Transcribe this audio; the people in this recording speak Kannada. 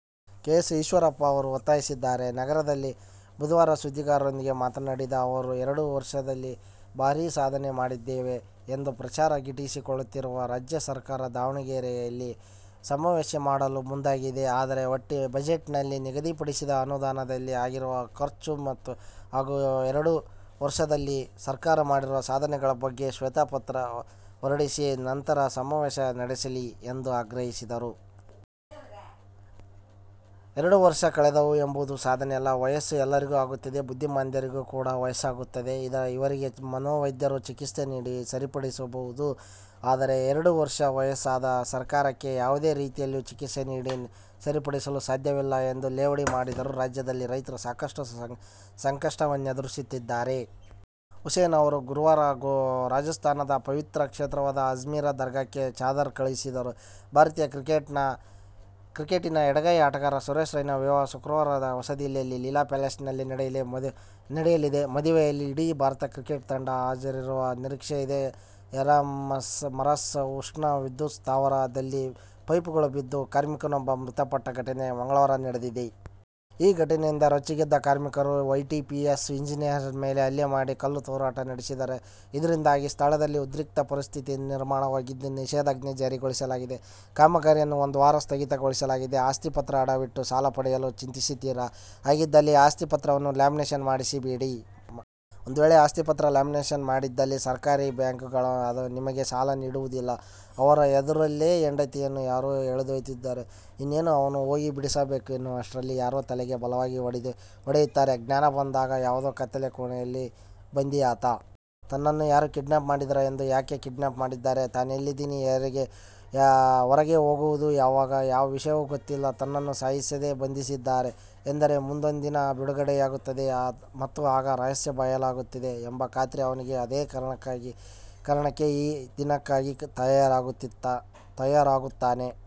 ಎಸ್. ಈಶ್ವರಪ್ಪ ಒತ್ತಾಯಿಸಿದ್ದಾರೆ. ನಗರದಲ್ಲಿ ಬುಧವಾರ ಸುದ್ದಿಗಾರರೊಂದಿಗೆ ಮಾತನಾಡಿದ ಅವರು, ಎರಡು ವರ್ಷದಲ್ಲಿ ಭಾರೀ ಸಾಧನೆ ಮಾಡಿದ್ದೇವೆ ಎಂದು ಪ್ರಚಾರ ಗಿಟ್ಟಿಸಿಕೊಳ್ಳುತ್ತಿರುವ ರಾಜ್ಯ ಸರ್ಕಾರ ದಾವಣಗೆರೆಯಲ್ಲಿ ಸಮಾವೇಶ ಮಾಡಲು ಮುಂದಾಗಿದೆ. ಆದರೆ, ಬಜೆಟ್ನಲ್ಲಿ ನಿಗದಿಪಡಿಸಿದ ಅನುದಾನದಲ್ಲಿ ಆಗಿರುವ ಖರ್ಚು ಹಾಗೂ ಎರಡು ವರ್ಷದಲ್ಲಿ ಸರ್ಕಾರ ಮಾಡಿರುವ ಸಾಧನೆಗಳ ಬಗ್ಗೆ ಶ್ವೇತಪತ್ರ ಹೊರಡಿಸಿ ನಂತರ ಸಮಾವೇಶ ನಡೆಸಲಿ ಎಂದು ಆಗ್ರಹಿಸಿದರು. ಎರಡು ವರ್ಷ ಕಳೆದವು ಎಂಬುದು ಸಾಧನೆಯಲ್ಲ. ವಯಸ್ಸು ಎಲ್ಲರಿಗೂ ಆಗುತ್ತದೆ. ಬುದ್ಧಿಮಾಂದ್ಯರಿಗೂ ಕೂಡ ವಯಸ್ಸಾಗುತ್ತದೆ. ಇವರಿಗೆ ಮನೋವೈದ್ಯರು ಚಿಕಿತ್ಸೆ ನೀಡಿ ಸರಿಪಡಿಸಬಹುದು. ಆದರೆ, ಎರಡು ವರ್ಷ ವಯಸ್ಸಾದ ಸರ್ಕಾರಕ್ಕೆ ಯಾವುದೇ ರೀತಿಯಲ್ಲಿಯೂ ಚಿಕಿತ್ಸೆ ನೀಡಿ ಸರಿಪಡಿಸಲು ಸಾಧ್ಯವಿಲ್ಲ ಎಂದು ಲೇವಡಿ ಮಾಡಿದರು. ರಾಜ್ಯದಲ್ಲಿ ರೈತರು ಸಾಕಷ್ಟು ಸಂಕಷ್ಟವನ್ನೆದುರಿಸುತ್ತಿದ್ದಾರೆ. ಹುಸೇನ್ ಅವರು ಗುರುವಾರ ರಾಜಸ್ಥಾನದ ಪವಿತ್ರ ಕ್ಷೇತ್ರವಾದ ಅಜ್ಮೇರ್ ದರ್ಗಾಕ್ಕೆ ಚಾದರ ಕಳುಹಿಸಿದರು. ಭಾರತೀಯ ಕ್ರಿಕೆಟಿನ ಎಡಗೈ ಆಟಗಾರ ಸುರೇಶ್ ರೈನಾ ವಿವಾಹ ಶುಕ್ರವಾರ ಹೊಸದಿಲ್ಲಿಯ ಲೀಲಾ ಪ್ಯಾಲೇಸ್ನಲ್ಲಿ ನಡೆಯಲಿದೆ. ಮದುವೆಯಲ್ಲಿ ಇಡೀ ಭಾರತ ಕ್ರಿಕೆಟ್ ತಂಡ ಹಾಜರಿರುವ ನಿರೀಕ್ಷೆಯಿದೆ. ಯರಮರಸ್ ಉಷ್ಣ ವಿದ್ಯುತ್ ಸ್ಥಾವರ ದಲ್ಲಿ ಪೈಪುಗಳು ಬಿದ್ದು ಕಾರ್ಮಿಕನೊಬ್ಬ ಮೃತಪಟ್ಟ ಘಟನೆ ಮಂಗಳವಾರ ನಡೆದಿದೆ. ಈ ಘಟನೆಯಿಂದ ರೊಚ್ಚಿಗೆದ್ದ ಕಾರ್ಮಿಕರು, ವೈಟಿಪಿಎಸ್ ಇಂಜಿನಿಯರ್ ಮೇಲೆ ಹಲ್ಲೆ ಮಾಡಿ, ಕಲ್ಲು ತೂರಾಟ ನಡೆಸಿದ್ದಾರೆ. ಇದರಿಂದಾಗಿ ಸ್ಥಳದಲ್ಲಿ ಉದ್ರಿಕ್ತ ಪರಿಸ್ಥಿತಿ ನಿರ್ಮಾಣವಾಗಿದ್ದು, ನಿಷೇಧಾಜ್ಞೆ ಜಾರಿಗೊಳಿಸಲಾಗಿದೆ. ಕಾಮಗಾರಿಯನ್ನು ಒಂದು ವಾರ ಸ್ಥಗಿತಗೊಳಿಸಲಾಗಿದೆ. ಆಸ್ತಿ ಪತ್ರ ಅಡವಿಟ್ಟು ಸಾಲ ಪಡೆಯಲು ಚಿಂತಿಸಿದ್ದೀರಾ? ಹಾಗಿದ್ದಲ್ಲಿ ಆಸ್ತಿ ಪತ್ರವನ್ನು ಲ್ಯಾಮಿನೇಷನ್ ಮಾಡಿಸ ಬೇಡಿ. ಒಂದು ವೇಳೆ ಆಸ್ತಿ ಪತ್ರ ಲ್ಯಾಮಿನೇಷನ್ ಮಾಡಿ ದ್ದಲ್ಲಿ ಸರ್ಕಾರಿ ಬ್ಯಾಂಕ್ಗಳು ನಿಮಗೆ ಸಾಲ ನೀಡುವುದಿಲ್ಲ. ಅವನ ಎದುರಲ್ಲೇ ಹೆಂಡತಿಯನ್ನು ಯಾರೋ ಎಳೆದೊಯ್ಯುತ್ತಿದ್ದಾರೆ. ಇನ್ನೇನು ಅವನು ಹೋಗಿ ಬಿಡಿಸಬೇಕು ಎನ್ನುವಷ್ಟರಲ್ಲಿ ಯಾರೋ ತಲೆಗೆ ಬಲವಾಗಿ ಹೊಡೆಯುತ್ತಾರೆ. ಜ್ಞಾನ ಬಂದಾಗ ಯಾವುದೋ ಕತ್ತಲೆ ಕೋಣೆಯಲ್ಲಿ ಬಂಧಿ ಆತ-- ತನ್ನನ್ನು ಯಾರು ಕಿಡ್ನಾಪ್ ಮಾಡಿದ್ದಾರೆ, ಯಾಕೆ ಕಿಡ್ನಾಪ್ ಮಾಡಿದ್ದಾರೆ, ತಾನೆಲ್ಲಿದ್ದೀನಿ, ಹೊರಗೆ ಹೋಗೋದು ಯಾವಾಗ ಯಾವ ವಿಷಯವೂ ಗೊತ್ತಿಲ್ಲ. ತನ್ನನ್ನು ಸಾಯಿಸದೇ ಬಂಧಿಸಿಟ್ಟಿದ್ದಾರೆ ಎಂದರೆ, ಮುಂದೊಂದು ದಿನ ಬಿಡುಗಡೆಯಾಗುತ್ತದೆ ಮತ್ತು ಆಗ ರಹಸ್ಯ ಬಯಲಾಗುತ್ತದೆ ಎಂಬ ಖಾತ್ರಿ ಅವನಿಗೆ. ಅದೇ ಕಾರಣಕ್ಕೆ ಆ ದಿನಕ್ಕಾಗಿ ತಯಾರಾಗುತ್ತಾನೆ.